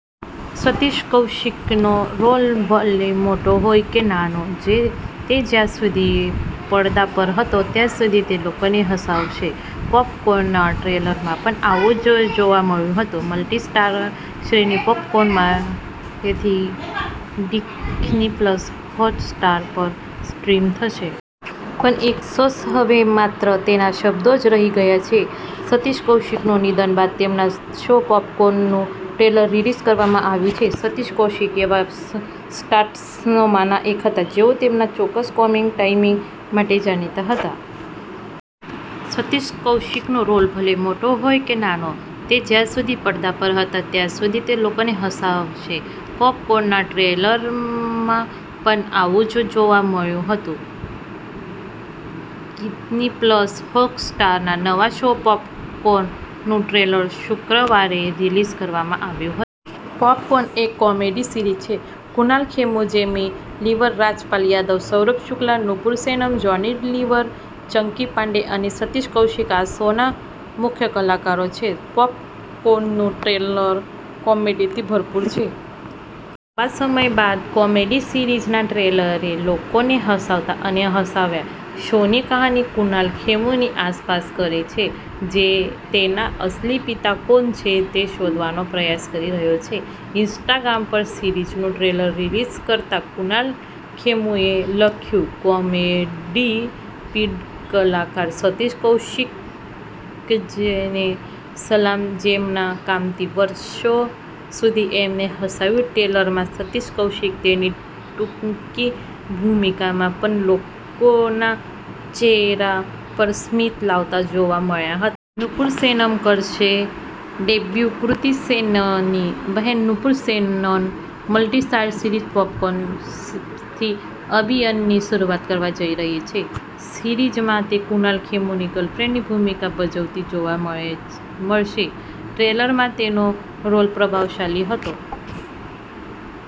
સતીશ કૌશિકનો રોલ ભલે મોટો હોય કે નાનો, તે જ્યાં સુધી પડદા પર હતો ત્યાં સુધી તે લોકોને હસાવશે. 'પૉપ કૌન'ના ટ્રેલરમાં પણ આવું જ જોવા મળ્યું હતું. મલ્ટી-સ્ટારર શ્રેણી 'પોપ કૌન' માર્ચથી ડિઝની પ્લસ હોટસ્ટાર પર સ્ટ્રીમ થશે. પણ અફસોસ, હવે માત્ર તેના શબ્દો જ રહી ગયા છે. સતીશ કૌશિકના નિધન બાદ તેમના શો 'પૉપ કૌન'નું ટ્રેલર રિલીઝ કરવામાં આવ્યું છે. સતીશ કૌશિક એવા સ્ટાર્સમાંના એક હતા જેઓ તેમના ચોક્કસ કોમિક ટાઇમિંગ માટે જાણીતા હતા. સતીશ કૌશિકનો રોલ ભલે મોટો હોય કે નાનો, તે જ્યાં સુધી પડદા પર હતો ત્યાં સુધી તે લોકોને હસાવશે. 'પૉપ કૌન'ના ટ્રેલરમાં પણ આવું જ જોવા મળ્યું હતું. ડિઝની પ્લસ હોટસ્ટારના નવા શો 'પૉપ કૌન'નું ટ્રેલર શુક્રવારે રિલીઝ કરવામાં આવ્યું હતું. 'પોપ કૌન' એક કોમેડી સિરીઝ છે. કુણાલ ખેમુ, જેમી લીવર, રાજપાલ યાદવ, સૌરભ શુક્લા, નુપુર સેનન, જોની લીવર, ચંકી પાંડે અને સતીશ કૌશિક આ શોના મુખ્ય કલાકારો છે. 'પૉપ કૌન'નું ટ્રેલર કોમેડીથી ભરપૂર છે. લાંબા સમય બાદ કોમેડી સિરીઝના ટ્રેલરે લોકોને હસાવતા અને હસાવ્યા. શોની કહાની કુણાલ ખેમુની આસપાસ ફરે છે, જે તેના અસલી પિતા કોણ છે તે શોધવાનો પ્રયાસ કરી રહ્યો છે. ઇન્સ્ટાગ્રામ પર સિરીઝનું ટ્રેલર રિલીઝ કરતાં કુણાલ ખેમુએ લખ્યું, કોમેડી પીઢ કલાકાર સતીશ કૌશિકજીને સલામ, જેમના કામથી વર્ષો સુધી અમને હસાવ્યું ટ્રેલરમાં, સતીશ કૌશિક તેની ટૂંકી ભૂમિકામાં પણ લોકોના ચહેરા પર સ્મિત લાવતા જોવા મળ્યા હતા. નુપુર સેનન કરશે ડેબ્યૂ કૃતિ સેનનની બહેન Nupur Sanon multi starrer series 'Pop કૌન'થી અભિનયની શરૂઆત કરવા જઈ રહી છે. સીરિઝમાં તે કુણાલ ખેમુની ગર્લફ્રેન્ડની ભૂમિકા ભજવતી જોવા મળશે. ટ્રેલરમાં તેનો રોલ પ્રભાવશાળી હતો.